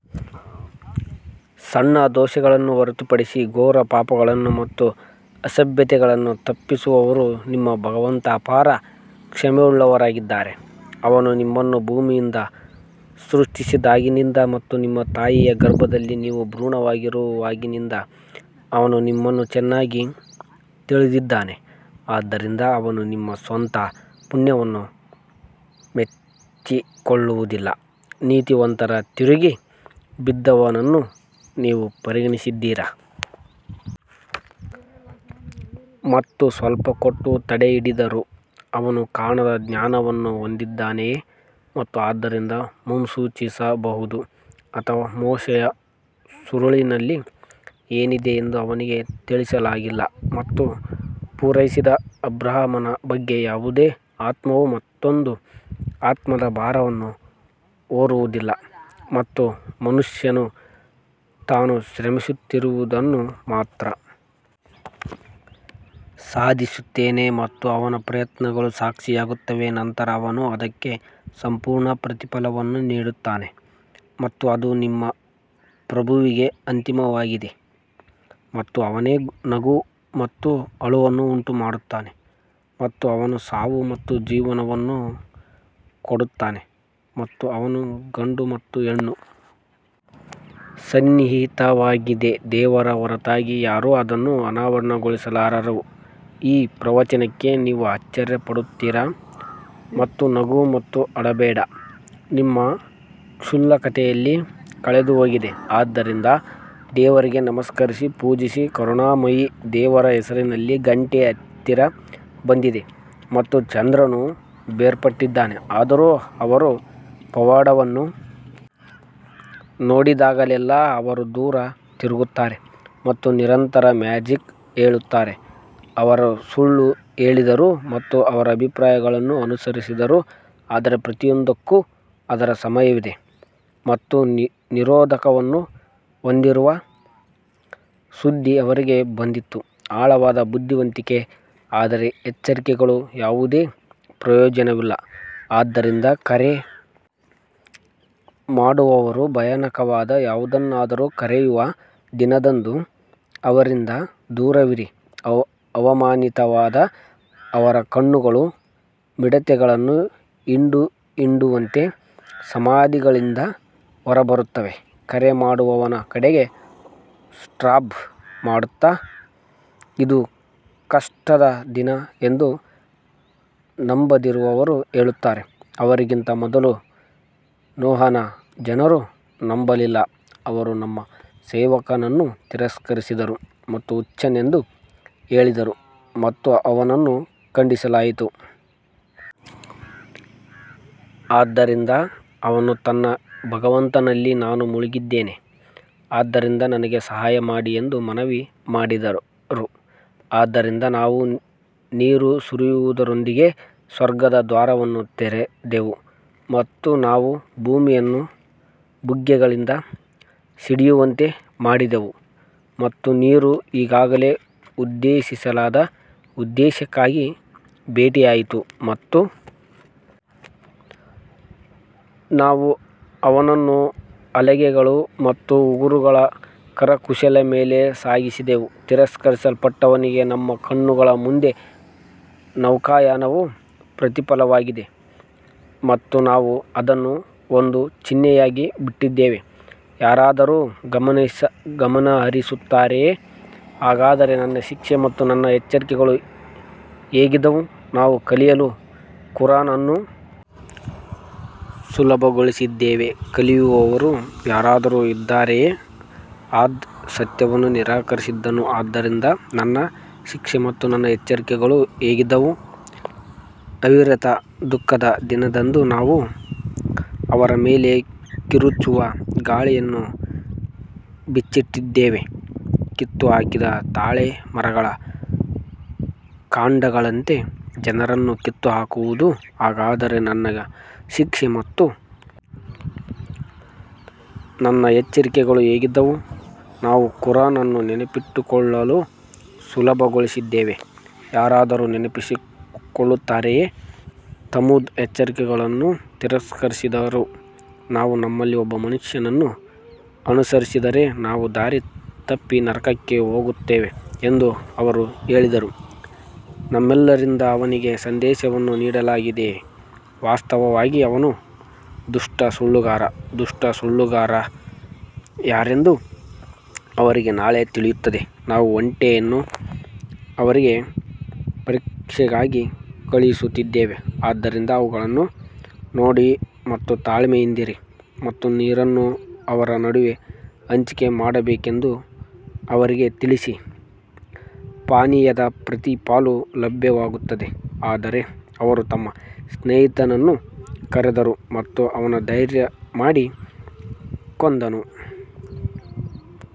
ಸಣ್ಣ ದೋಷಗಳನ್ನು ಹೊರತುಪಡಿಸಿ ಘೋರ ಪಾಪಗಳನ್ನು ಮತ್ತು ಅಸಭ್ಯತೆಯನ್ನು ತಪ್ಪಿಸುವವರು ನಿಮ್ಮ ಭಗವಂತ ಅಪಾರ ಕ್ಷಮೆಯುಳ್ಳವರಾಗಿದ್ದಾರೆ, ಅವನು ನಿಮ್ಮನ್ನು ಭೂಮಿಯಿಂದ ಸೃಷ್ಟಿಸಿದಾಗಿನಿಂದ ಮತ್ತು ನಿಮ್ಮ ತಾಯಿಯ ಗರ್ಭದಲ್ಲಿ ನೀವು ಭ್ರೂಣವಾಗಿರುವಾಗಿನಿಂದ ಅವನು ನಿಮ್ಮನ್ನು ಚೆನ್ನಾಗಿ ತಿಳಿದಿದ್ದಾನೆ ಆದ್ದರಿಂದ ಅವನು ನಿಮ್ಮ ಸ್ವಂತ ಪುಣ್ಯವನ್ನು ಮೆಚ್ಚಿಕೊಳ್ಳುವುದಿಲ್ಲ. ನೀತಿವಂತರ ತಿರುಗಿ ಬಿದ್ದವನನ್ನು ನೀವು ಪರಿಗಣಿಸಿದ್ದೀರಾ? ಮತ್ತು ಸ್ವಲ್ಪ ಕೊಟ್ಟು ತಡೆಹಿಡಿದರು ಅವನು ಕಾಣದ ಜ್ಞಾನವನ್ನು ಹೊಂದಿದ್ದಾನೆಯೇ ಮತ್ತು ಆದ್ದರಿಂದ ಮುನ್ಸೂಚಿಸಬಹುದು ಅಥವಾ ಮೋಶೆಯ ಸುರುಳಿಗಳಲ್ಲಿ ಏನಿದೆ ಎಂದು ಅವನಿಗೆ ತಿಳಿಸಲಾಗಿಲ್ಲ ಮತ್ತು ಪೂರೈಸಿದ ಅಬ್ರಹಾಮನ ಬಗ್ಗೆ ಯಾವುದೇ ಆತ್ಮವು ಮತ್ತೊಂದು ಆತ್ಮದ ಭಾರವನ್ನು ಹೊರುವುದಿಲ್ಲ ಮತ್ತು ಮನುಷ್ಯನು ತಾನು ಶ್ರಮಿಸುತ್ತಿರುವುದನ್ನು ಮಾತ್ರ ಸಾಧಿಸುತ್ತಾನೆ ಮತ್ತು ಅವನ ಪ್ರಯತ್ನಗಳು ಸಾಕ್ಷಿಯಾಗುತ್ತವೆ ನಂತರ ಅವನು ಅದಕ್ಕೆ ಸಂಪೂರ್ಣ ಪ್ರತಿಫಲವನ್ನು ನೀಡುತ್ತಾನೆ ಮತ್ತು ಅದು ನಿಮ್ಮ ಪ್ರಭುವಿಗೆ ಅಂತಿಮವಾಗಿದೆ ಮತ್ತು ಅವನೇ ನಗು ಮತ್ತು ಅಳುವನ್ನು ಉಂಟುಮಾಡುತ್ತಾನೆ ಮತ್ತು ಅವನು ಸಾವು ಮತ್ತು ಜೀವನವನ್ನು ಕೊಡುತ್ತಾನೆ ಮತ್ತು ಅವನು ಗಂಡು ಮತ್ತು ಹೆಣ್ಣು ಸನ್ನಿಹಿತವಾಗಿದೆ ದೇವರ ಹೊರತಾಗಿ ಯಾರೂ ಅದನ್ನು ಅನಾವರಣಗೊಳಿಸಲಾರರು ಈ ಪ್ರವಚನಕ್ಕೆ ನೀವು ಆಶ್ಚರ್ಯಪಡುತ್ತೀರಾ ಮತ್ತು ನಗು ಮತ್ತು ಅಳಬೇಡ ನಿಮ್ಮ ಕ್ಷುಲ್ಲಕತೆಯಲ್ಲಿ ಕಳೆದುಹೋಗಿದೆ ಆದ್ದರಿಂದ ದೇವರಿಗೆ ನಮಸ್ಕರಿಸಿ ಪೂಜಿಸಿ ಕರುಣಾಮಯಿ ದೇವರ ಹೆಸರಿನಲ್ಲಿ ಗಂಟೆ ಹತ್ತಿರ ಬಂದಿದೆ ಮತ್ತು ಚಂದ್ರನು ಬೇರ್ಪಟ್ಟಿದ್ದಾನೆ ಆದರೂ ಅವರು ಪವಾಡವನ್ನು ನೋಡಿದಾಗಲೆಲ್ಲಾ ಅವರು ದೂರ ತಿರುಗುತ್ತಾರೆ ಮತ್ತು ನಿರಂತರ ಮ್ಯಾಜಿಕ್ ಹೇಳುತ್ತಾರೆ ಅವರು ಸುಳ್ಳು ಹೇಳಿದರು ಮತ್ತು ಅವರ ಅಭಿಪ್ರಾಯಗಳನ್ನು ಅನುಸರಿಸಿದರು ಆದರೆ ಪ್ರತಿಯೊಂದಕ್ಕೂ ಅದರ ಸಮಯವಿದೆ ಮತ್ತು ನಿರೋಧಕವನ್ನು ಹೊಂದಿರುವ ಸುದ್ದಿ ಅವರಿಗೆ ಬಂದಿತು ಆಳವಾದ ಬುದ್ಧಿವಂತಿಕೆ ಆದರೆ ಎಚ್ಚರಿಕೆಗಳು ಯಾವುದೇ ಪ್ರಯೋಜನವಿಲ್ಲ ಆದ್ದರಿಂದ ಕರೆ ಮಾಡುವವರು ಭಯಾನಕವಾದ ಯಾವುದನ್ನಾದರೂ ಕರೆಯುವ ದಿನದಂದು ಅವರಿಂದ ದೂರವಿರಿ ಅವಮಾನಿತವಾದ ಅವರ ಕಣ್ಣುಗಳು ಮಿಡತೆಗಳನ್ನು ಹಿಂಡು ಹಿಂಡುವಂತೆ ಸಮಾಧಿಗಳಿಂದ ಹೊರಬರುತ್ತವೆ ಕರೆ ಮಾಡುವವನ ಕಡೆಗೆ ಸ್ಕ್ರಾಂಬ್ ಮಾಡುತ್ತಾ, ಇದು ಕಷ್ಟದ ದಿನ ಎಂದು ನಂಬದಿರುವವರು ಹೇಳುತ್ತಾರೆ ಅವರಿಗಿಂತ ಮೊದಲು ನೋಹನ ಜನರು ನಂಬಲಿಲ್ಲ, ಅವರು ನಮ್ಮ ಸೇವಕನನ್ನು ತಿರಸ್ಕರಿಸಿದರು ಮತ್ತು ಹುಚ್ಚನೆಂದು ಹೇಳಿದರು ಮತ್ತು ಅವನನ್ನು ಖಂಡಿಸಲಾಯಿತು. ಆದ್ದರಿಂದ ಅವನು ತನ್ನ ಭಗವಂತನಲ್ಲಿ ನಾನು ಮುಳುಗಿದ್ದೇನೆ ಆದ್ದರಿಂದ ನನಗೆ ಸಹಾಯ ಮಾಡಿ ಎಂದು ಮನವಿ ಮಾಡಿದರು ಆದ್ದರಿಂದ ನಾವು ನೀರು ಸುರಿಯುವುದರೊಂದಿಗೆ ಸ್ವರ್ಗದ ದ್ವಾರಗಳನ್ನು ತೆರೆದೆವು ಮತ್ತು ನಾವು ಭೂಮಿಯನ್ನು ಬುಗ್ಗೆಗಳಿಂದ ಸಿಡಿಯುವಂತೆ ಮಾಡಿದೆವು ಮತ್ತು ನೀರು ಈಗಾಗಲೇ ಉದ್ದೇಶಿಸಲಾದ ಉದ್ದೇಶಕ್ಕಾಗಿ ಭೇಟಿಯಾಯಿತು ಮತ್ತು ನಾವು ಅವನನ್ನು ಹಲಗೆಗಳು ಮತ್ತು ಉಗುರುಗಳ ಕರಕುಶಲ ಮೇಲೆ ಸಾಗಿಸಿದೆವು ತಿರಸ್ಕರಿಸಲ್ಪಟ್ಟವನಿಗೆ ನಮ್ಮ ಕಣ್ಣುಗಳ ಮುಂದೆ ನೌಕಾಯಾನವು ಪ್ರತಿಫಲವಾಗಿದೆ ಮತ್ತು ನಾವು ಅದನ್ನು ಒಂದು ಚಿಹ್ನೆಯಾಗಿ ಬಿಟ್ಟಿದ್ದೇವೆ, ಯಾರಾದರೂ ಗಮನಹರಿಸುತ್ತಾರೆಯೇ ಹಾಗಾದರೆ ನನ್ನ ಶಿಕ್ಷೆ ಮತ್ತು ನನ್ನ ಎಚ್ಚರಿಕೆಗಳು ಹೇಗಿದ್ದವು ನಾವು ಕಲಿಯಲು ಕುರಾನ್ ಅನ್ನು ಸುಲಭಗೊಳಿಸಿದ್ದೇವೆ ಕಲಿಯುವವರು ಯಾರಾದರೂ ಇದ್ದಾರೆಯೇ ಆದ್ ಸತ್ಯವನ್ನು ನಿರಾಕರಿಸಿದನು ಆದ್ದರಿಂದ ನನ್ನ ಶಿಕ್ಷೆ ಮತ್ತು ನನ್ನ ಎಚ್ಚರಿಕೆಗಳು ಹೇಗಿದ್ದವು ಅವಿರತ ದುಃಖದ ದಿನದಂದು ನಾವು ಅವರ ಮೇಲೆ ಕಿರುಚುವ ಗಾಳಿಯನ್ನು ಬಿಚ್ಚಿಟ್ಟಿದ್ದೇವೆ ಕಿತ್ತುಹಾಕಿದ ತಾಳೆ ಮರಗಳ ಕಾಂಡಗಳಂತೆ ಜನರನ್ನು ಕಿತ್ತುಹಾಕುವುದು ಹಾಗಾದರೆ ನನ್ನ ಶಿಕ್ಷೆ ಮತ್ತು ನನ್ನ ಎಚ್ಚರಿಕೆಗಳು ಹೇಗಿದ್ದವು ನಾವು ಕುರಾನ್ ಅನ್ನು ನೆನಪಿಟ್ಟುಕೊಳ್ಳಲು ಸುಲಭಗೊಳಿಸಿದ್ದೇವೆ ಯಾರಾದರೂ ನೆನಪಿಸಿಕೊಳ್ಳುತ್ತಾರೆಯೇ ತಮೂದ್ ಎಚ್ಚರಿಕೆಗಳನ್ನು ತಿರಸ್ಕರಿಸಿದರು ನಾವು ನಮ್ಮಲ್ಲಿ ಒಬ್ಬ ಮನುಷ್ಯನನ್ನು ಅನುಸರಿಸಿದರೆ ನಾವು ದಾರಿ ತಪ್ಪಿ ನರಕಕ್ಕೆ ಹೋಗುತ್ತೇವೆ ಎಂದು ಅವರು ಹೇಳಿದರು ನಮ್ಮೆಲ್ಲರಿಂದ ಅವನಿಗೆ ಸಂದೇಶವನ್ನು ನೀಡಲಾಗಿದೆಯೇ ವಾಸ್ತವವಾಗಿ ಅವನು ದುಷ್ಟ ಸುಳ್ಳುಗಾರ ದುಷ್ಟ ಸುಳ್ಳುಗಾರ ಯಾರೆಂದು ಅವರಿಗೆ ನಾಳೆ ತಿಳಿಯುತ್ತದೆ ನಾವು ಒಂಟೆಯನ್ನು ಅವರಿಗೆ ಪರೀಕ್ಷೆಗಾಗಿ ಕಳುಹಿಸುತ್ತಿದ್ದೇವೆ ಆದ್ದರಿಂದ ಅವುಗಳನ್ನು ನೋಡಿ ಮತ್ತು ತಾಳ್ಮೆಯಿಂದಿರಿ ಮತ್ತು ನೀರನ್ನು ಅವರ ನಡುವೆ ಹಂಚಿಕೆ ಮಾಡಬೇಕೆಂದು ಅವರಿಗೆ ತಿಳಿಸಿ, ಪಾನೀಯದ ಪ್ರತಿ ಪಾಲು ಲಭ್ಯವಾಗುತ್ತದೆ ಆದರೆ ಅವರು ತಮ್ಮ ಸ್ನೇಹಿತನನ್ನು ಕರೆದರು ಮತ್ತು ಅವನು ಧೈರ್ಯಮಾಡಿ ಕೊಂದನು.